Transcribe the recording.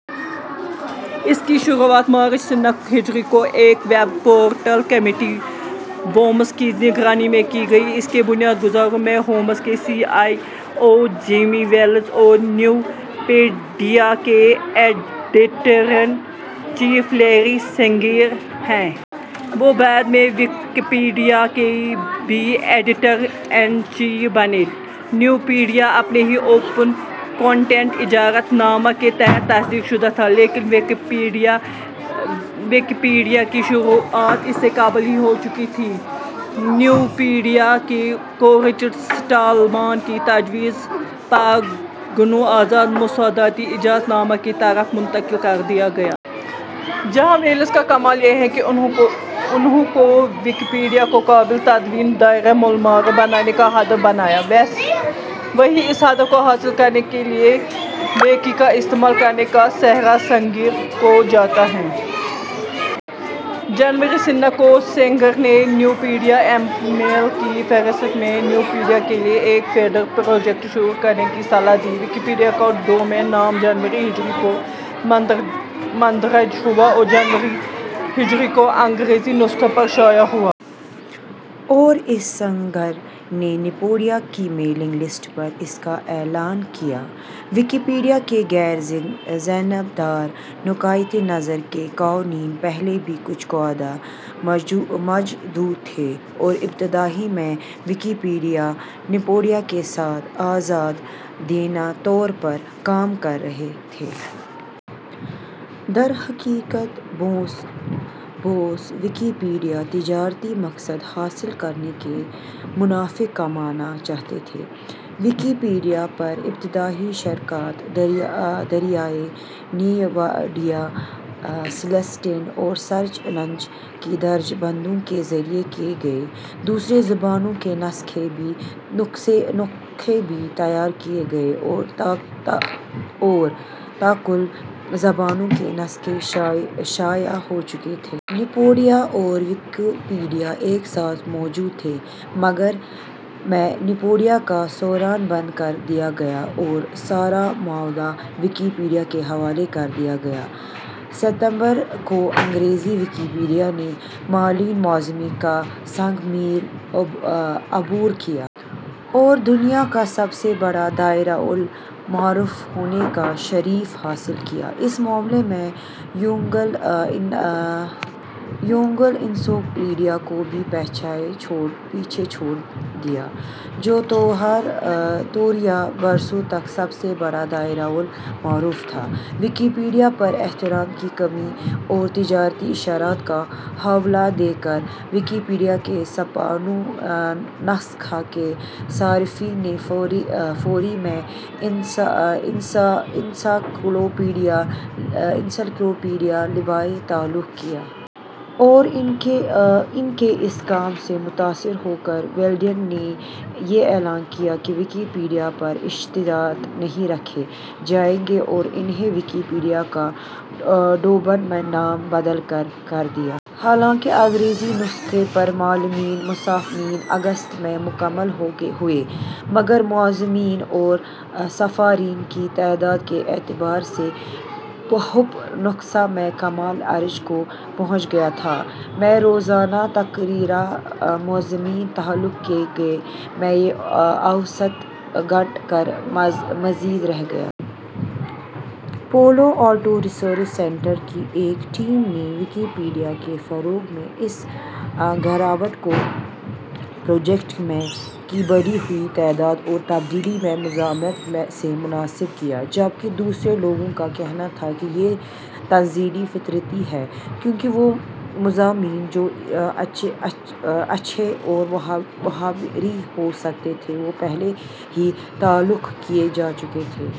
، اس کی شروعات مارچ سنہ ء کو ایک ویب پورٹل کمپنی بومس کی نگرانی میں کی گئی۔ اس کے بنیاد گزاروں میں بومس کے C E O Jimmy Wales اور نیوپیڈیا کے editor in chief Larry Sanger ہیں۔ وہ بعد میں ویکیپیڈیا کے بھی ایڈیٹر ان چیف بنے۔ نیوپیڈیا اپنے ہی اوپن کونٹینٹ اجازت نامہ کے تحت تصدیق شدہ تھا۔ لیکن ویکیپیڈیا کی شروعات اس سے قبل ہی ہو چکی تھی، نیوپیڈیا کو رچرڈ سٹالمان کی تجویز پر گنو آزاد مسوداتی اجازت نامہ کی طرف منتقل کردیاگیا۔ ، جہاں ویلس کا کمال یہ ہے کہ انھوں کو ویکیپیڈیا کو قابل تدوین دائرۃالمعارف بنانے کا ہدف بنایا۔ ، وہیں اس ہدف کو حاصل کر نے کے لیے ویکی کا استعمال کرنے کا سہرا سینگر کو جاتا ہے۔ ، جنوری سنہ ء کو سینگر نے نیوپیڈیا ایمیل کی فہرست میں نیوپیڈیا کے لیے ایک ''فیڈر پروجیکٹ "شروع کرنے کی صلاح دی۔ ۔ ویکیپیڈیا کا ڈومین نام جنوری ء کو مندرج ہوا اور جنوری ء کو انگریزی نسخہ پر شائع ہوا۔ ۔ اور سینگر نے نیوپیدیا کی میلینگ لسٹ پر اس کا اعلان کیا۔ ویکیپیڈیا کے "غیر جانبدار نقطہ نظر" کے قوانین پہلے ماہ میں مدون کیے گئے۔ حالانکہ پہلے سے کچھ قوانین موجود تھے اور ابتدائی طور پر ویکیپیڈیا نیوپیڈیا پر آزادانہ کام کررہا تھا۔۔ درحقیقت بونس ویکیپیڈیاسے تجارتی مقصد حاصل کر کے منافع کمانا چاہتے تھے۔ ویکیپیڈیا پر ابتدائی شراکت داریاں نیوپیڈیا، شلیشڈاٹ اور سرچ انجن کی درجہ بندیوں کے ذریعے کی گئیں۔ دوسری زبانوں کے نسخے بھی تیار کیے گئے اور ء تک کل زبانوں کے نسخے شائع ہو چکے تھے۔ نیوپیڈیا اور ویکیپیڈیا ایک ساتھ موجود تھے مگر ء میں نیوپیڈیا کا سرور بند کر دیا گیا اور سارا مواد ویکیپیڈیا کے حوالے کر دیا گیا۔ ستمبر ء کو انگریزی ویکیپیڈیا نے ملین مضامین کا سنگ میل عبور کیا۔ اور دنیا کا سب سے بڑا دائرۃالمعارف ہونے کا شرف حاصل کیا۔ اس معاملے میں یونگل انسائکلوپیڈیا کو بھی پیچھے چھوڑ دیا، جو توریبا برسوں تک سب سے بڑا دائرۃالمعارف تھا۔ ویکیپیڈیا پر اختیارات کی کمی اور تجارتی اشتہارات کا حوالہ دے کر ویکیپیڈیا کے ہسپانوی نسخہ کے صارفین نے فروری ء میں انسائکلوپیڈیا لائبر تخلیق کیا۔ اور ان کے اس قدم سے متاثر ہو کر ویلز نے یہ اعلان کیا کہ ویکیپیڈیا پر اشتہارات نہیں دکھائے جائیں گے اور انھوں نے ویکیپیڈیا کا ڈومین نام. بدل کر. کر دیا۔ حالانکہ انگریزی نسخہ پر ملین مضامین اگست ء میں مکمل ہوئے مگر مضامین اور صارفین کی تعداد کے اعتبار سے ہپ نسخہ ء میں کمال عروج کو پہنچ گیا تھا۔ ء میں روزانہ تقریباً مضامین تخلیق کیے گئے، ء میں یہ اوسط گھٹ کر محض رہ گیا۔ پاولو الٹو ریسرچ سینٹر کی ایک ٹیم نے ویکیپیڈیا کے فروغ میں اس گراوٹ کو پروجیکٹ میں کی بڑھتی ہوئی تعداد اور تبدیلی میں مزاحمت سے منسوب کیا۔ جبکہ دوسرے لوگوں کا کہنا تھا کہ یہ تنزلی فطری ہے کیونکہ وہ مضامین جو اچھے اور معیاری ہو سکتے تھے وہ پہلے ہی تخلیق کیے جا چکے تھے۔